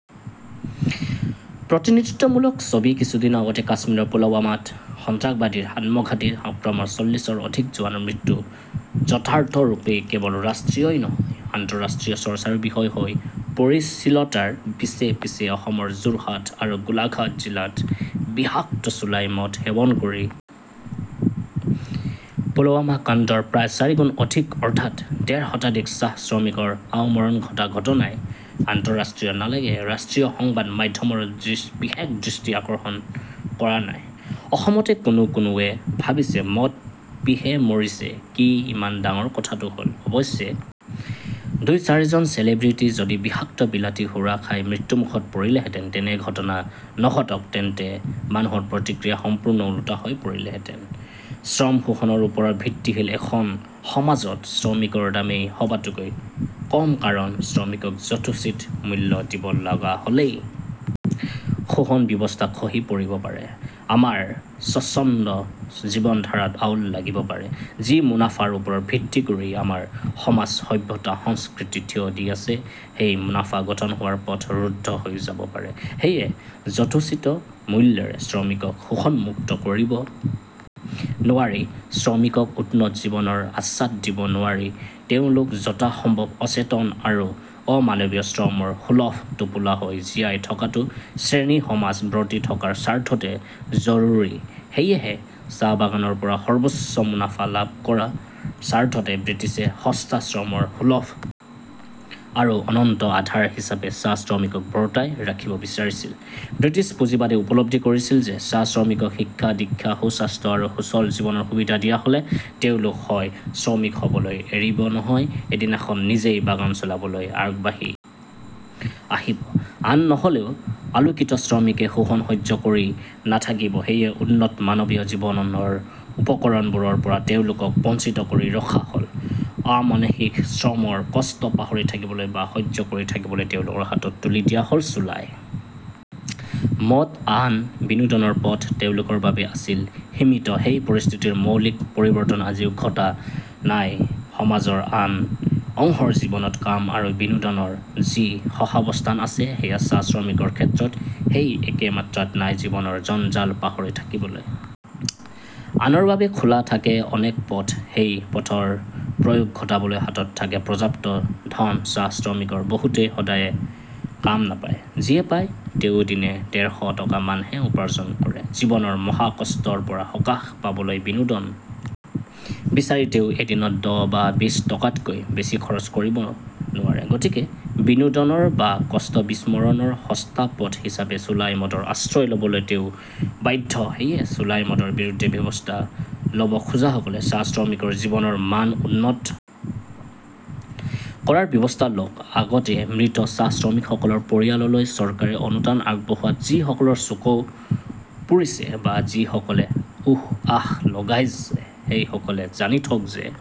প্ৰতিনিধিত্বমূলক ছবিকিছুদিন আগতে কাশ্মীৰৰ পুলৱামাত সন্ত্ৰাসবাদীৰ আত্মঘাতী আক্ৰমণত চল্লিচৰ অধিক জোৱানৰ মৃত্যু যথাৰ্থৰূপেই কেৱল ৰাষ্ট্ৰীয়ই নহয় আন্তঃৰাষ্ট্ৰীয় চৰ্চাৰো বিষয় হৈ পৰিছিলতাৰ পিছে পিছে অসমৰ যোৰহাট আৰু গোলাঘাট জিলাত বিষাক্ত চুলাই মদ সেৱন কৰি পুলৱামাকাণ্ডৰ প্ৰায় চাৰিগুণ অধিক অৰ্থাৎ ডেৰ শতাধিক চাহশ্ৰমিকৰ আওমৰণ ঘটা ঘটনাই আন্তঃৰাষ্ট্ৰীয় নালাগে ৰাষ্ট্ৰীয় সংবাদ মাধ্যমৰো বিশেষ দৃষ্টি আকৰ্ষণ কৰা নাইঅসমতে কোনো কোনোৱে ভাবিছে মদ পিহে মৰিছে কি ইমান ডাঙৰ কথাটো হল অৱশ্যে দুইচাৰিজন চেলিব্ৰিটী যদি বিষাক্ত বিলাতী সুৰা খাই মৃত্যুমুখত পৰিলেহেঁতেন তেনে ঘটনা নঘটক তেন্তে মানুহৰ প্ৰতিক্ৰিয়া সম্পূৰ্ণ ওলোটা হৈ পৰিলহেঁতেনশ্ৰমশোষণৰ ওপৰত ভিত্তিশীল এখন সমাজত শ্ৰমিকৰ দামেই সবাতোকৈ কমকাৰণ শ্ৰমিকক যথোচিত মূল্য দিব লগা হলেই শোষণব্যৱস্থা খহি পৰিব পাৰে আমাৰ স্বচ্ছন্দ জীৱনধাৰাত আউল লাগিব পাৰেযি মুনাফাৰ ওপৰত ভিত্তি কৰি আমাৰ সমাজসভ্যতাসংস্কৃতি থিয় দি আছে সেই মুনাফা গঠন হোৱাৰ পথ ৰুদ্ধ হৈ যাব পাৰেসেয়ে যথোচিত মূল্যৰে শ্ৰমিকক শোষণমুক্ত কৰিব নোৱাৰি শ্ৰমিকক উন্নত জীৱনৰ আস্বাদ দিব নোৱাৰিতেওঁলোক যথাসম্ভৱ অচেতন আৰু অমানৱীয় শ্ৰমৰ সুলভ টোপোলা হৈ জীয়াই থকাটো শ্ৰেণীসমাজ বৰ্তি থকাৰ স্বাৰ্থতে জৰুৰীসেয়েহে চাহবাগানৰ পৰা সৰ্বোচ্চ মুনাফা লাভ কৰাৰ স্বাৰ্থতে ব্ৰিটিছে সস্তা শ্ৰমৰ সুলভ আৰু অনন্ত আধাৰ হিচাপে চাহশ্ৰমিকক বৰ্তাই ৰাখিব বিচাৰিছিলব্ৰিটিছ পুঁজিবাদে উপলব্ধি কৰিছিল যে চাহশ্ৰমিকক শিক্ষাদীক্ষা সুস্বাস্থ্য আৰু সুচল জীৱনৰ সুবিধা দিয়া হলে তেওঁলোক হয় শ্ৰমিক হবলৈ এৰিব নহয় এদিনাখন নিজেই বাগান চলাবলৈ আগ বাঢ়ি আহিব আন নহলেও আলোকিত শ্ৰমিকে শোষণ সহ্য কৰি নাথাকিবসেয়ে উন্নত মানৱীয় জীৱনৰ উপকৰণবোৰৰ পৰা তেওঁলোকক বঞ্চিত কৰি ৰখা হলঅমানুষিক শ্ৰমৰ কষ্ট পাহৰি থাকিবলৈ বা সহ্য কৰি থাকিবলৈ তেওঁলোকৰ হাতত তুলি দিয়া হল চুলাই মদ আন বিনোদনৰ পথ তেওঁলোকৰ বাবে আছিল সীমিতসেই পৰিস্থিতিৰ মৌলিক পৰিৱৰ্তন আজিও ঘটা নাইসমাজৰ আন অংশৰ জীৱনত কাম আৰু বিনোদনৰ যি সহাৱস্থান আছে সেয়া চাঽশ্ৰমিকৰ ক্ষেত্ৰত সেই একে মাত্ৰাত নাইজীৱনৰ জঞ্জাল পাহৰি থাকিবলৈ আনৰ বাবে খোলা থাকে অনেক পথ সেই পথৰ প্ৰয়োগ ঘটাবলৈ হাতত থাকে পৰ্যাপ্ত ধনচাহশ্ৰমিকৰ বহুতেই সদায়ে কাম নাপায় যিয়ে পায় তেৱোঁ দিনে ডেৰ শ টকা মানহে উপাৰ্জন কৰেজীৱনৰ মহাকষ্টৰ পৰা সকাহ পাবলৈ বিনোদন বিচাৰি তেওঁ এদিনত দহ বা বিচ টকাতকৈ বেছি খৰচ কৰিব নোৱাৰেগতিকে বিনোদনৰ বা কষ্টবিস্মৰণৰ সস্তা পথ হিচাপে চুলাই মদৰ আশ্ৰয় লবলৈ তেওঁ বাধ্যসেয়ে চুলাই মদৰ বিৰুদ্ধে ব্যৱস্থা লব খোজাসকলে চাহশ্ৰমিকৰ জীৱনৰ মান উন্নত কৰাৰ ব্যৱস্থা লওক আগতেমৃত চাহশ্ৰমিকসকলৰ পৰিয়াললৈ চৰকাৰে অনুদান আগ বঢ়োৱাত যিসকলৰ চকু পুৰিছে বা যিসকলে উস্আস্ লগাইছে সেইসকলে জানি থওক যে